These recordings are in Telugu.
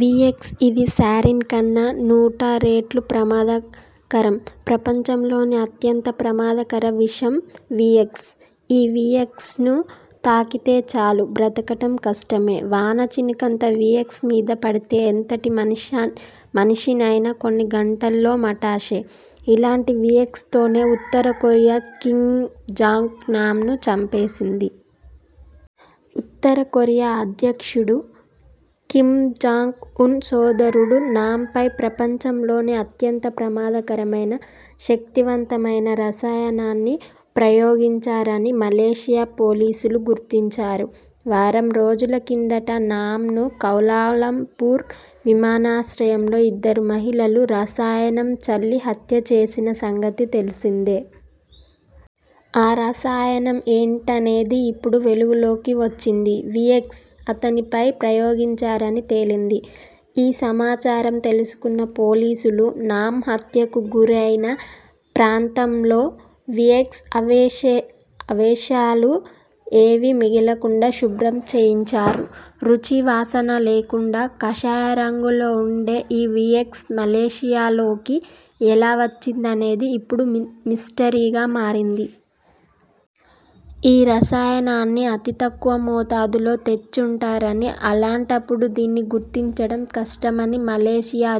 వీఎక్స్. ఇది సారిన్ కన్నా నూట రెట్లు ప్రమాదకరం ప్రపంచంలోనే అత్యంత ప్రమాదకర విషం వీఎక్స్. ఈ వీఎక్స్ ను తాకితే చాలు బతకడం కష్టమే. వాన చినుకంత వీఎక్స్ మీద పడితే ఎంతటి మనిషైనా కొన్ని గంటల్లో మటాషే. ఇలాంటి వీఎక్స్ తోనే ఉత్తర కొరియా కిమ్ జాంగ్ నామ్ ను చంపేసింది. ఉత్తర కొరియా అధ్యక్షుడు కిమ్ జాంగ్ ఉన్ సోదరుడు నామ్ పై ప్రపంచంలోనే అత్యంత ప్రమాదకరమైన, శక్తివంతమైన రసాయనాన్ని ప్రయోగించారని మలేసియా పోలీసులు గుర్తించారు. వారం రోజుల కిందట నామ్ ను కౌలాలంపూర్ విమానాశ్రయంలో ఇద్దరు మహిళలు రసాయనం చల్లి హత్య చేసిన సంగతి తెలిసిందే. ఆ రసాయనం ఏంటనేది ఇప్పుడు వెలుగులోకి వచ్చింది. వీఎక్స్ అతనిపై ప్రయోగించారని తేలింది. ఈ సమాచారం తెలుసుకున్న పోలీసులు నామ్ హత్యకు గురైన ప్రాంతంలో వీఎక్స్ అవశేషాలు ఏవీ మిగలకుండా శుభ్రం చేయించారు. రుచి, వాసన లేకుండా కాషాయ రంగులో ఉండే.. ఈ వీఎక్స్ మలేసియాలోకి ఎలా వచ్చిందనేది ఇప్పుడు మిస్టరీగా మారింది. ఈ రసాయనాన్ని అతి తక్కువ మోతాదులో తెచ్చి ఉంటారని.. అలాంటపుడు దీన్ని గుర్తించడం కష్టమని మలేసియా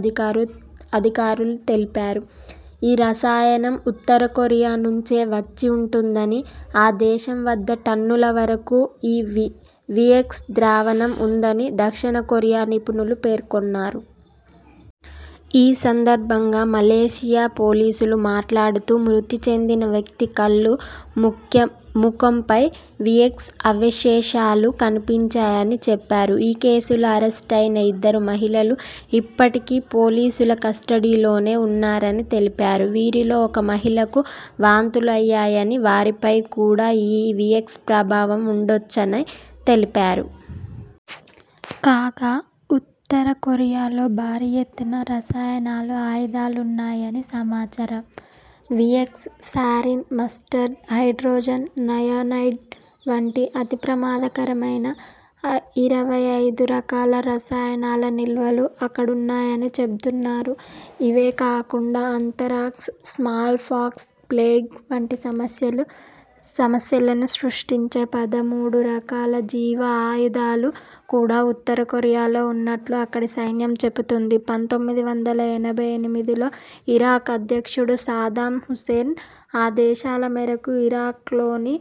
అధికారులు తెలిపారు. ఈ రసాయనం ఉత్తర కొరియా నుంచే వచ్చి ఉంటుందని, ఆ దేశం వద్ద టన్నుల వరకు ఈ వీఎక్స్ ద్రావణం ఉందని దక్షిణ కొరియా నిపుణులు పేర్కొన్నారు. ఈ సందర్భంగా మలేసియా పోలీసులు మాట్లాడుతూ.. మృతి చెందిన వ్యక్తి కళ్లు, ముఖంపై వీఎక్స్ అవశేషాలు కనిపించాయని చెప్పారు. ఈ కేసులో అరెస్టయిన ఇద్దరు మహిళలూ ఇప్పటికీ పోలీసుల కస్టడీలోనే ఉన్నారని తెలిపారు. వీరిలో ఒక మహిళకు వాంతులయ్యాయని, వారిపై కూడా ఈ వీఎక్స్ ప్రభావం ఉండొచ్చని తెలిపారు. కాగా.. ఉత్తర కొరియాలో భారీ ఎత్తున రసాయన ఆయుధాలున్నాయని సమాచారం. VX, sarin, mustard, hydrogen cyanide వంటి అతి ప్రమాదకరమైన ఇరవై ఐదు రకాల రసాయనాల నిల్వలు అక్కడున్నాయని చెబుతున్నారు ఇవే కాకుండా ఆంత్రాక్స్, స్మాల్ పాక్స్, ప్లేగ్ వంటి సమస్యలను సృష్టించే పదమూడు రకాల జీవ ఆయుధాలు కూడా ఉత్తర కొరియాలో ఉన్నట్లు అక్కడి సైన్యం చెబుతోంది పంతొమ్మిది వందల ఎనభై ఎనిమిదిలో ఇరాక్ అధ్యక్షుడు సద్దాం హుసేన్ ఆదేశాల మేరకు ఇరాక్లోని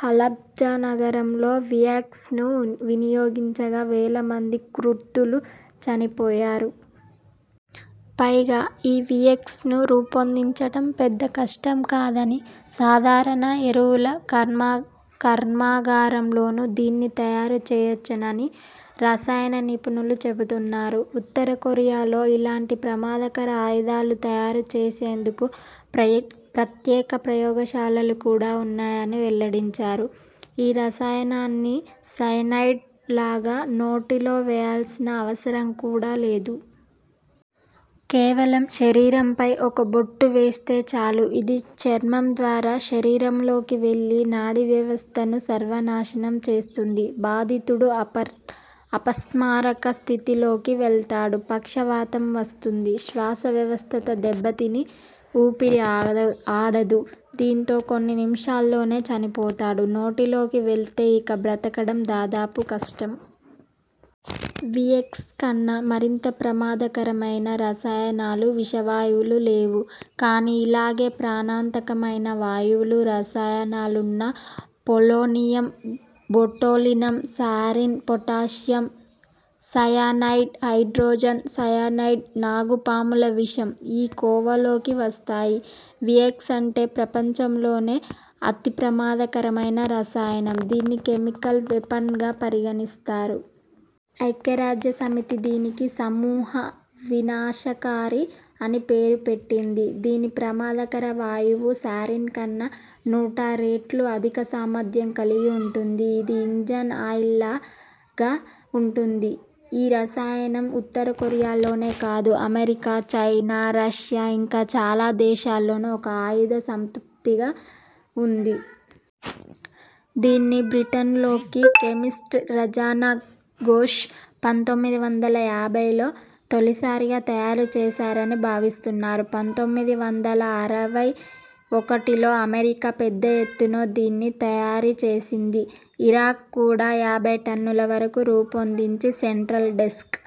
హలబ్జా నగరంలో వీఎక్స్ ను వినియోగించగా, వేల మంది కుర్దులు చనిపోయారు. పైగా ఈ వీఎక్స్ ను రూపొందించడం పెద్ద కష్టం కాదని.. సాధారణ ఎరువుల కర్మాగారంలోనూ దీన్ని తయారు చేయొచ్చని రసాయన నిపుణులు చెబుతున్నారు. ఉత్తర కొరియాలో ఇలాంటి ప్రమాదకర ఆయుధాలు తయారు చేసేందుకు ప్రత్యేక ప్రయోగ శాలలు కూడా ఉన్నాయని వెల్లడించారు. ఈ రసాయనాన్ని సయనైడ్ లాగా నోటిలో వేయాల్సిన అవసరం కూడా లేదు. కేవలం శరీరంపై ఒక బొట్టు వేస్తే చాలు, ఇది చర్మం ద్వారా శరీరంలోకి వెళ్లి నాడీ వ్యవస్థను సర్వనాశనం చేస్తుంది. బాధితుడు అపస్మారక స్థితిలోకి వెళ్తాడు. పక్షవాతం వస్తుంది. శ్వాస వ్యవస్థ దెబ్బతిని.. ఊపిరి ఆడదు. దీంతో కొన్ని నిమిషాల్లోనే చనిపోతాడు. నోటిలోకి వెళ్తే, ఇక బతకడం దాదాపు కష్టం. వీఎక్స్ కన్నా మరింత ప్రమాదకరమైన రసాయనాలు, విషవాయువులు లేవు. కానీ ఇలాగే ప్రాణాంతకమైన వాయువులు, రసాయనాలున్నాయి. Polonium, botulinum, sarin, potassium cyanide, hydrogen cyanide, నాగుపాముల విషం ఈ కోవలోకి వస్తాయి. వీఎక్స్ అంటే..! ప్రపంచంలోనే అతి ప్రమాదకరమైన రసాయనం. దీన్ని కెమికల్ వెపన్గా పరిగణిస్తారు. ఐక్యరాజ్య సమితి దీనికి సమూహ వినాశకారి అని పేరుపెట్టింది. ఇది ప్రమాదకర వాయువు సారిన్ కన్నా నూట రెట్లు అధిక సామర్థ్యం కలిగి ఉంటుంది. ఇది ఇంజిన్ ఆయిల్లాగా ఉంటుంది. ఈ రసాయనం ఉత్తర కొరియా లోనే కాదు.. అమెరికా, చైనా, రష్యా ఇంకా చాలా దేశాల్లోనూ ఒక ఆయుధ సంపత్తిగా ఉంది. దీన్ని బ్రిటన్లోని కెమిస్ట్ రనాజీ ఘోష్ పంతొమ్మిది వందల యాభైలో తొలిసారిగా తయారు చేశారని భావిస్తున్నారు. పంతొమ్మిది వందల అరవై ఒకటిలో అమెరికా పెద్ద ఎత్తున దీన్ని తయారు చేసింది. ఇరాక్ కూడా యాభై టన్నుల వరకు రూపొందించింది. Central desk